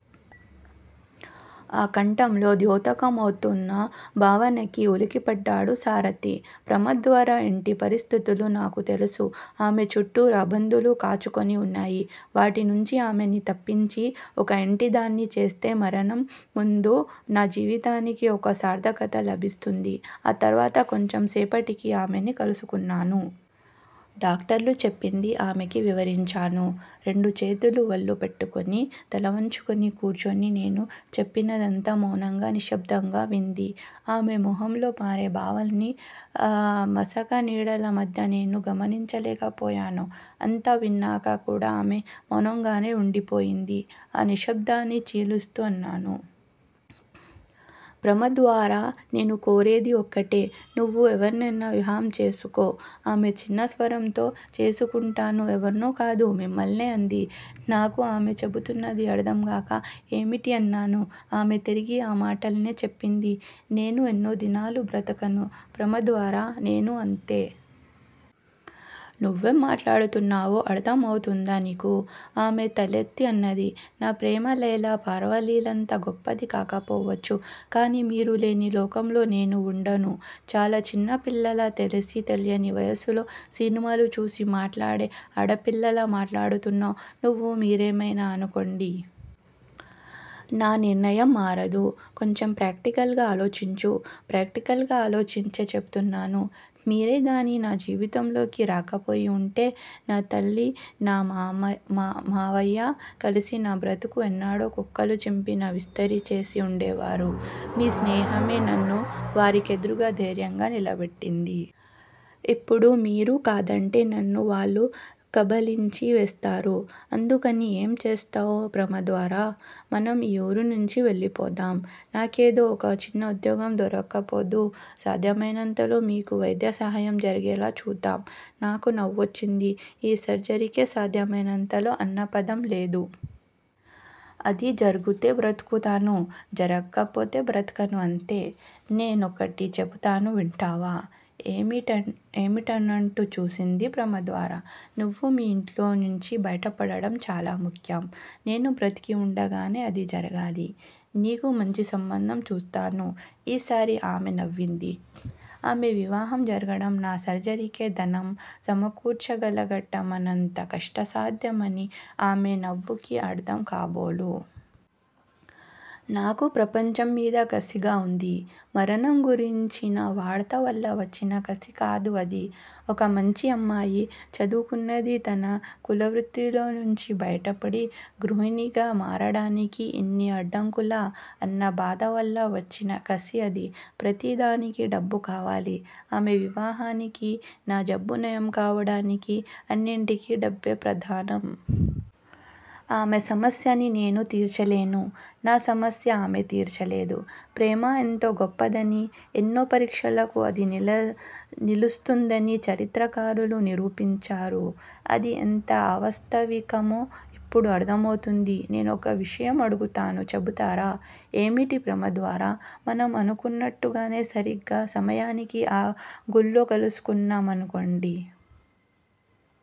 ఆ కంఠంలో ద్యోతక మౌతున్న భావనకి ఉలిక్కిపడ్డాడు సారధి. ప్రమద్వర ఇంటి పరిస్థితులు నాకు తెలుసు. ఆమె చుట్టూ రాబందులు కాచుకుని వున్నాయి. వాటినుంచి ఆమెని తప్పించి, ఒక ఇంటిదాన్ని చేస్తే మరణం ముందు నా జీవితానికి ఒక సార్ధకత లభిస్తుంది. ఆ తరువాత కొంచెం సేపటికి ఆమెని కలుసుకున్నాను. డాక్టర్లు చెప్పింది ఆమెకి వివరించాను. రెండుచేతులూ వళ్ళో పెట్టుకుని, తలవంచుకుని కూర్చుని నేను చెప్పినదంతా మౌనంగా, నిశ్శబ్దంగా వింది. ఆమె మొహంలో మారే భావాల్ని ఆ మసకనీడల మధ్య నేను గమనించలేకపోయాను. అంతా విన్నాక కూడా ఆమె మౌనంగానే వుండిపోయింది. ఆ నిశ్శబ్ధాన్ని చీలుస్తూ అన్నాను. ప్రమద్వరా- నేను కోరేది ఒకటే నువ్వు ఎవర్నైనా వివాహం చేసుకో. ఆమె చిన్న స్వరంతో చేసుకుంటాను ఎవర్నో కాదు, మిమ్మల్నే అంది. నాకు ఆమె చెపుతున్నది అర్ధంకాక ఏమిటీ అన్నాను ఆమె తిరిగి ఆ మాటల్నే చెప్పింది. నేను ఎన్నో దినాలు బ్రతకను ప్రమద్వరా- నేనూ అంతే. నువ్వేం మాట్లాడుతున్నావో అర్ధం అవుతుందా నీకు? ఆమె తలెత్తి అన్నది- నా ప్రేమ లైలా పార్వతీలంత గొప్పది కాకపోవచ్చు. కానీ మీరు లేని లోకంలో నేనూ వుండను. చాలా చిన్న పిల్లలా, తెలిసీ తెలియని వయసులో సినిమాలు చూసి మాట్లాడే ఆడపిల్లలా మాట్లాడుతున్నావు నువు- మీరేమయినా అనుకోండి. నా నిర్ణయం మారదు. కొంచెం ప్రాక్టికల్ గా ఆలోచించు. ప్రాక్టికల్ గా ఆలోచించే చెపుతున్నాను, మీరేగానీ నా జీవితంలోకి రాకపోయివుంటే నా తల్లి, నా మావయ్య కలిసి నా బ్రతుకు ఏనాడో కుక్కలు చింపిన విస్తరి చేసి వుండేవారు. మీ స్నేహమే నన్ను వారి కెదురుగా ధైర్యంగా నిలబెట్టింది. ఇప్పుడు మీరు కాదంటే నన్ను వాళ్ళు కబళించి వేస్తారు- అందుకని ఏం చేస్తావు ప్రమద్వరా? మనం ఈ ఊరునుంచి వెళ్ళిపోదాం. నాకేదో ఒక చిన్న ఉద్యోగం దొరక్కపోదు. సాధ్యమయినంతలో మీకు వైద్య సహాయం జరిగేలా చూద్దాం. నాకు నవ్వొచ్చింది. ఈ సర్జెరీకి సాధ్యమైనంతలో అన్న పదం లేదు. అది జరుగుతే బ్రతుకుతాను. జరక్కపోతే బ్రతకను అంతే! నే నొకటి చెపుతాను వింటావా? ఏమిటన్నట్టు చూసింది ప్రమద్వర. నువ్వు మీ ఇంట్లోంచి బయటపడటం చాలా ముఖ్యం. నేను బ్రతికి వుండగానే అది జరగాలి. నీకు మంచి సంబంధం చూస్తాను. ఈసారి ఆమె నవ్వింది. ఆమె వివాహం జరగటం నా సర్జెరీకి ధనం సమకూర్చగలగట మన్నంత కష్టసాధ్యమని, ఆమె నవ్వుకి అర్ధం కాబోలు. నాకు ప్రపంచంమీద కసిగా వుంది. మరణం గురించిన వార్త వల్ల వచ్చిన కసికాదు అది. ఒక మంచి అమ్మాయి, చదువుకున్నది-తన కులవృత్తిలోంచి బయటపడి గృహిణిగా మారడానికి ఇన్ని అడ్డంకులా, అన్న బాధవల్ల వచ్చిన కసి అది, ప్రతిదానికీ డబ్బు కావాలి. ఆమె వివాహానికీ, నా జబ్బు నయం కావటానికీ- అన్నింటికీ డబ్బే ప్రధానం. ఆమె సమస్యని నేను తీర్చలేను. నా సమస్య ఆమె తీర్చలేదు. ప్రేమ ఎంతో గొప్పదనీ, ఎన్నో పరీక్షలకు అది నిలుస్తుందనీ చరిత్రకారులు నిరూపించారు. అది ఎంత అవాస్తవికమో ఇప్పుడు అర్ధమవుతూంది. నేనొక విషయం అడుగుతాను చెబుతారా? ఏమిటి ప్రమద్వరా? మనం అనుకున్నట్టుగానే సరీగ్గా సమయానికి ఆ గుళ్ళో కలుసుకున్నా మనుకోండి.